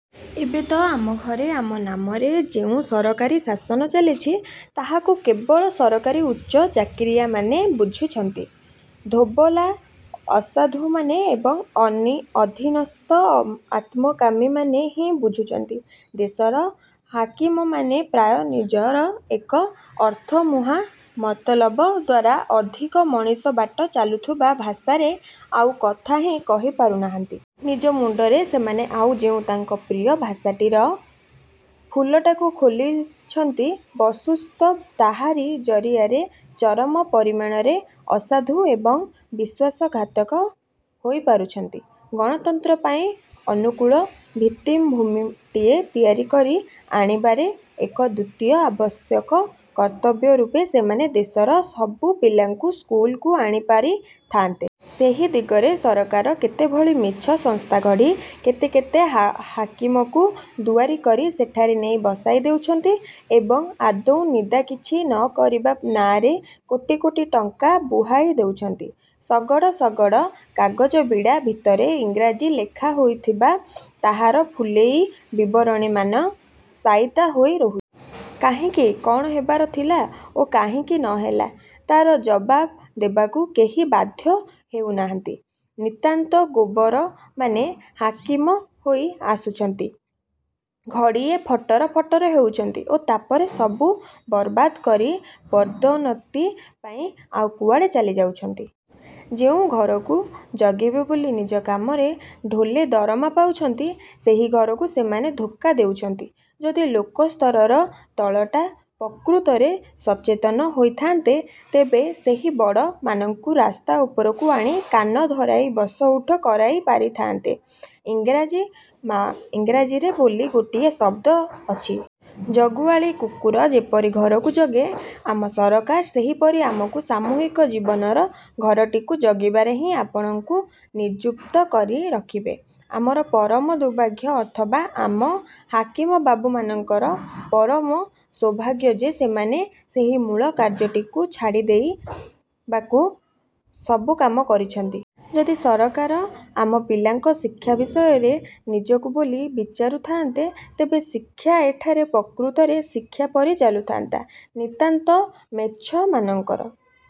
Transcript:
ଏବେ ତ ଆମ ଘରେ ଆମ ନାମରେ ଯେଉଁ ସରକାରୀଶାସନ ଚାଲିଛି ତାହାକୁ କେବଳ ସରକାରୀ ଉଚ୍ଚ ଚାକିରିଆମାନେ ବୁଝୁଛନ୍ତି, ଧୋବଲା ଅସାଧୁମାନେ ଏବଂ ଅନି ଅଧିନସ୍ଥ ଆତ୍ମକାମୀମାନେ ହିଁ ବୁଝୁଛନ୍ତି। ଦେଶର ହାକିମମାନେ ପ୍ରାୟ ନିଜର ଏକ ଅର୍ଥମୁହାଁ ମତଲବ ଦ୍ୱାରା ଅଧିକ ମଣିଷ ବାଟ ଚାଲୁଥିବା ଭାଷାରେ ଆଉ କଥା ହଁ କହିପାରୁ ନାହାନ୍ତି। ନିଜ ମୁଣ୍ଡରେ ସେମାନେ ଆଉ ଯେଉଁ ତାଙ୍କ ପ୍ରିୟ ଭାଷାଟିର ଫୁଲଟାକୁ ଖୋସିଛନ୍ତି, ବସ୍ତୁତଃ ତାହାରି ଜରିଆରେ ଚରମ ପରିମାଣରେ ଅସାଧୁ ଏବଂ ବିଶ୍ୱାସଘାତକ ହୋଇପାରୁଛନ୍ତି। ଗଣତନ୍ତ୍ର ପାଇଁ ଅନୁକୂଳ ଭିତ୍ତିଭୂମିଟିଏ ତିଆରିକରି ଆଣିବାରେ ଏକ ଦ୍ଵିତୀୟ ଆବଶ୍ୟକ କର୍ତ୍ତବ୍ୟ ରୂପେ ସେମାନେ ଦେଶର ସବୁ ପିଲାଙ୍କୁ ସ୍କୁଲକୁ ଆଣିପାରି ଥାଆନ୍ତେ। ସେହି ଦିଗରେ ସରକାର କେତେଭଳି ମିଛ ସଂସ୍ଥାଗଢ଼ି କେତେ କେତେ ହହାକିମଙ୍କୁ ଦୁଆରୀ କରି ସେଠାରେ ନେଇ ବସାଇ ଦେଉଛନ୍ତି ଏବଂ ଆଦୌ ନିଦା କିଛି ନ କରିବା ନାଆଁରେ କୋଟି କୋଟି ଟଙ୍କା ବୁହାଇ ଦେଉଛନ୍ତି। ଶଗଡ଼ ଶଗଡ଼ କାଗଜବିଡ଼ା ଭିତରେ ଇଂରାଜୀ ଲେଖା ହୋଇ ଥିବା ତାହାର ଫୁଲେଇ ବିବରଣୀମାନ ସାଇତା ହୋଇ ରହୁଛି। କାହିଁକି କଣ ହେବାର ଥିଲା ଓ କାହିଁକି ନହେଲା, ତାର ଜବାବ ଦେବାକୁ କେହି ବାଧ୍ୟ ହେଉନାହାନ୍ତି। ନିତାନ୍ତ ଗୋବରମାନେ ହାକିମ ହୋଇ ଆସୁଛନ୍ତି, ଘଡ଼ିଏ ଫଟର ଫଟର ହେଉଛନ୍ତି ଓ ତାପରେ ସବୁ ବରବାଦ କରି ପଦୋନ୍ନତି ପାଇ ଆଉ କୁଆଡ଼େ ଚାଲି ଯାଉଛନ୍ତି। ଯେଉଁ ଘରକୁ ଜଗିବେ ବୋଲି ନିଜ କାମରେ ଢୋଲେ ଦରମା ପାଉଛନ୍ତି, ସେହି ଘରକୁ ସେମାନେ ଧୋକା ଦେଉଛନ୍ତି। ଯଦି ଲୋକସ୍ତରର ତଳଟା ପ୍ରକୃତରେ ସଚେତନ ହୋଇଥାନ୍ତା, ତେବେ ସେହି ବଡ଼ମାନଙ୍କୁ ରାସ୍ତା ଉପରକୁ ଆଣି କାନ ଧରାଇ ବସ ଉଠ କରାଇପାରନ୍ତା। ଇଂରାଜୀରେ ବୋଲି ଗୋଟିଏ ଶବ୍ଦ ଅଛି। ଜଗୁଆଳି କୁକୁର ଯେପରି ଘରକୁ ଜଗେ, ଆମ ସରକାର ସେହିପରି ଆମ ସାମୂହିକ ଜୀବନର ଘରଟିକୁ ଜଗିବାରେ ହିଁ ଆପଣାକୁ ନିଯୁକ୍ତ କରି ରଖିବେ। ଆମର ପରମ ଦୁର୍ଭାଗ୍ୟ ଅଥବା ଆମ ହାକିମ ବାବୁମାନଙ୍କର ପରମ ସୌଭାଗ୍ୟ ଯେ ସେମାନେ ସେହି ମୂଳ କାର୍ଯ୍ୟଟିକୁ ଛାଡ଼ିଦେଇ ବାକୁ ସବୁ କାମ କରୁଛନ୍ତି। ଯଦି ସରକାର ଆମ ପିଲାଙ୍କ ଶିକ୍ଷା ବିଷୟରେ ନିଜକୁ ବୋଲି ବିଚାରୁ ଥାଆନ୍ତେ, ତେବେ ଶିକ୍ଷା ଏଠାରେ ପ୍ରକୃତରେ ଶିକ୍ଷା ପରି ଚାଲୁଥାନ୍ତା, ନିତାନ୍ତ ମ୍ଳେଚ୍ଛମାନଙ୍କର